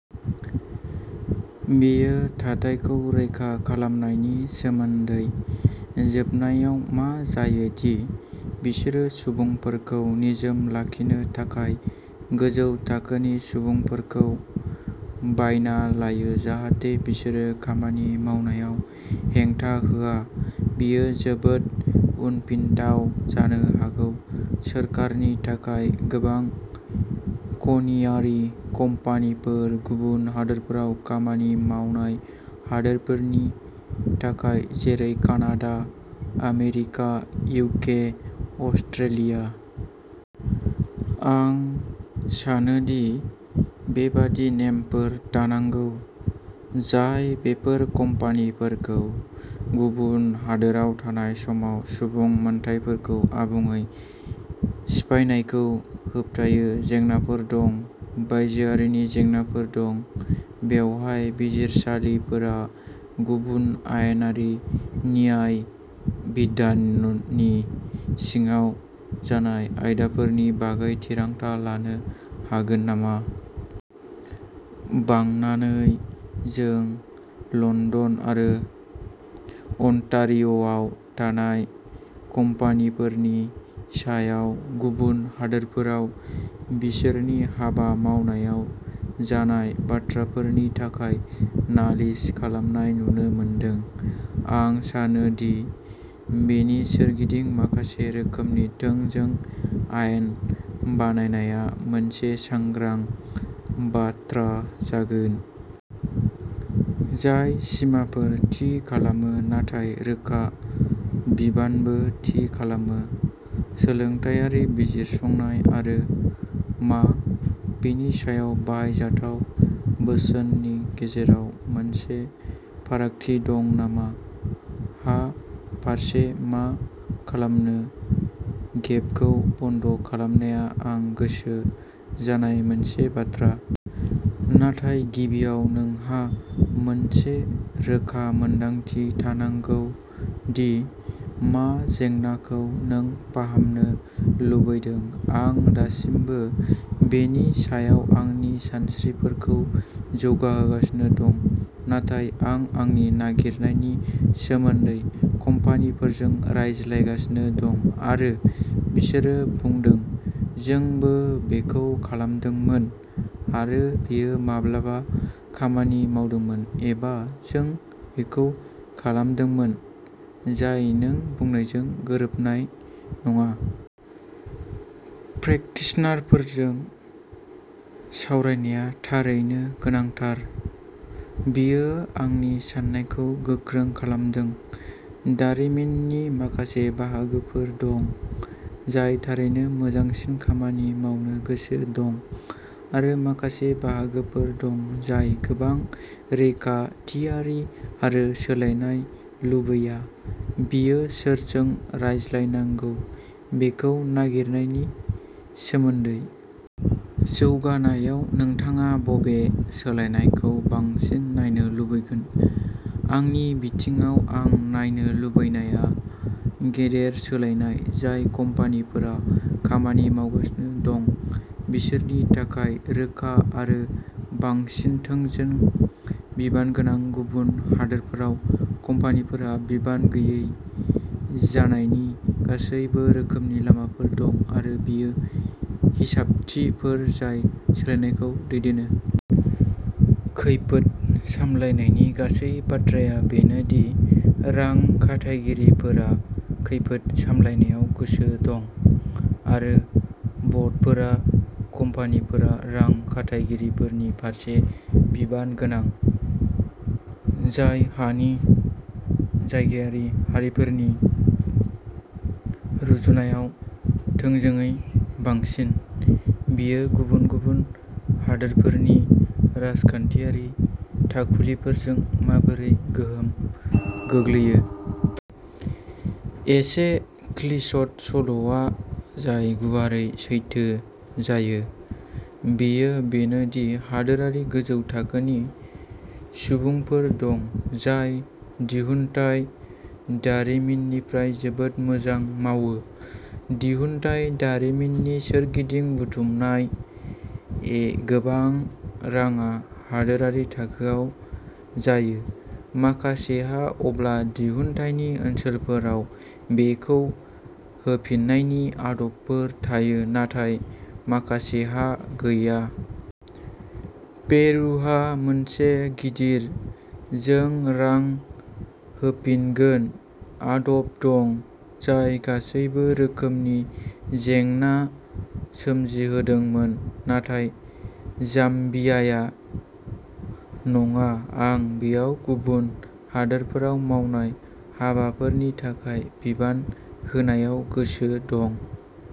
बेयो थाथायखौ रैखा खालामनायनि सोमोन्दै, जोबनायाव मा जायो दि बिसोरो सुबुंफोरखौ निजोम लाखिनो थाखाय गोजौ थाखोनि सुबुंफोरखौ बायना लायो, जाहाथे बिसोरो खामानि मावनायाव हेंथा होआ। बेयो जोबोद उनफिनथाव जानो हागौ। सोरखारनि थाखाय गोबां खनियारि कम्पानिफोर गुबुन हादोरफोराव खामानि मावनाय हादोरफोरनि थाखाय, जेरै कानाडा, आमेरिका, इउके, अस्ट्रेलिया । आं सानो दि बेबादि नेमफोर थानांगौ जाय बेफोर कम्पानिफोरखौ गुबुन हादोराव थानाय समाव सुबुं मोनथायफोरखौ आबुङै सिफायनायखौ होबथायो। जेंनाफोर दं, बायजोआरिनि जेंनाफोर दं, बेवहाय बिजिरसालिफोरा गुबुन आयेनारि न्याय बिधाननि सिङाव जानाय आयदाफोरनि बागै थिरांथा लानो हागोन नामा? बांनानै जों लण्डन आरो अन्टारिय'आव थानाय कम्पानिफोरनि सायाव गुबुन हादोरफोराव बिसोरनि हाबा मावनायाव जानाय बाथ्राफोरनि थाखाय नालिस खालामनाय नुनो मोनदों। आं सानो दि बेनि सोरगिदिं माखासे रोखोमनि थोंजों आयेन बानायनाया मोनसे सांग्रां बाथ्रा जागोन। जाय सिमाफोर थि खालामो, नाथाय रोखा बिबानबो थि खालामो। सोलोंथायारि बिजिरसंनाय आरो मा बेनि सायाव बाहायजाथाव बोसोननि गेजेराव मोनसे फारागथि दं नामा? हा फारसे मा खालामनो? गेपखौ बन्द खालामनाया आं गोसो जानाय मोनसे बाथ्रा। नाथाय गिबियाव नोंहा मोनसे रोखा मोनदांथि थानांगौ दि मा जेंनाखौ नों फाहामनो लुबैदों। आं दासिमबो बेनि सायाव आंनि सानस्रिफोरखौ जौगाहोगासिनो दं। नाथाय आं आंनि नागिरनायनि सोमोन्दै कम्पानिफोरजों रायज्लायगासिनो दं आरो बिसोरो बुंदों, "जोंबो बेखौ खालामदोंमोन आरो बेयो माब्लाबा खामानि मावदोंमोन", एबा "जों बेखौ खालामदोंमोन, जाय नों बुंनायजों गोरोबनाय नङा।" प्रेकटिशनारफोरजों सावरायनाया थारैनो गोनांथार, बेयो आंनि साननायखौ गोख्रों खालामदों। दारिमिननि माखासे बाहागोफोर दं जाय थारैनो मोजांसिन खामानि मावनो गोसो दं आरो माखासे बाहागोफोर दं जाय गोबां रैखाथियारि आरो सोलायनाय लुबैया। बेयो सोरजों रायज्लायनांगौ बेखौ नागिरनायनि सोमोन्दै। जौगानायाव नोंथाङा बबे सोलायनायखौ बांसिन नायनो लुबैगोन? आंनि बिथिङाव, आं नायनो लुबैनाया गेदेर सोलायनाय जाय कम्पानिफोरा खामानि मावगासिनो दं बिसोरनि थाखाय रोखा आरो बांसिन थोंजों बिबानगोनां। गुबुन हादोरफोराव कम्पानिफोरहा बिबान गैयै जानायनि गासैबो रोखोमनि लामाफोर दं आरो बेयो हिसाबथिफोर जाय सोलायनायखौ दैदेनो। खैफोद सामलायनायनि गासै बाथ्राया बेनो दि रां खाथायगिरिफोरा खैफोद सामलायनायाव गोसो दं आरो ब'डफोरा आरो कम्पानिफोरा रां खाथायगिरिफोरनि फारसे बिबान गोनां जाय हानि जायगायारि हारिफोरनि रुजुनायाव थोंजोङै बांसिन। बेयो गुबुन गुबुन हादोरफोरनि राजखान्थियारि थाखुलिफोरजों माबोरै गोहोम गोग्लैयो? एसे क्लिचड सल'आ जाय गुवारै सैथो जायो बेयो बेनो दि हादोरारि गोजौ थाखोनि सुबुंफोर दं जाय दिहुनथाय दारिमिननिफ्राय जोबोद मोजां मावो। दिहुनथाय दारिमिननि सोरगिदिं बुथुमनाय ए गोबां रांआ हादोरारि थाखोआव जायो। माखासेहा अब्ला दिहुनथायनि ओनसोलफोराव बेखौ होफिन्नायनि आदबफोर थायो, नाथाय माखासेहा गैया। पेरुहा मोनसे गिदिर "जों रां होफिनगोन" आदब दं, जाय गासैबो रोखोमनि जेंना सोमजिहोदोंमोन, नाथाय जाम्बियाया नङा। आं बेयाव गुबुन हादोरफोराव मावनाय हाबाफोरनि थाखाय बिबान होनायाव गोसो दं।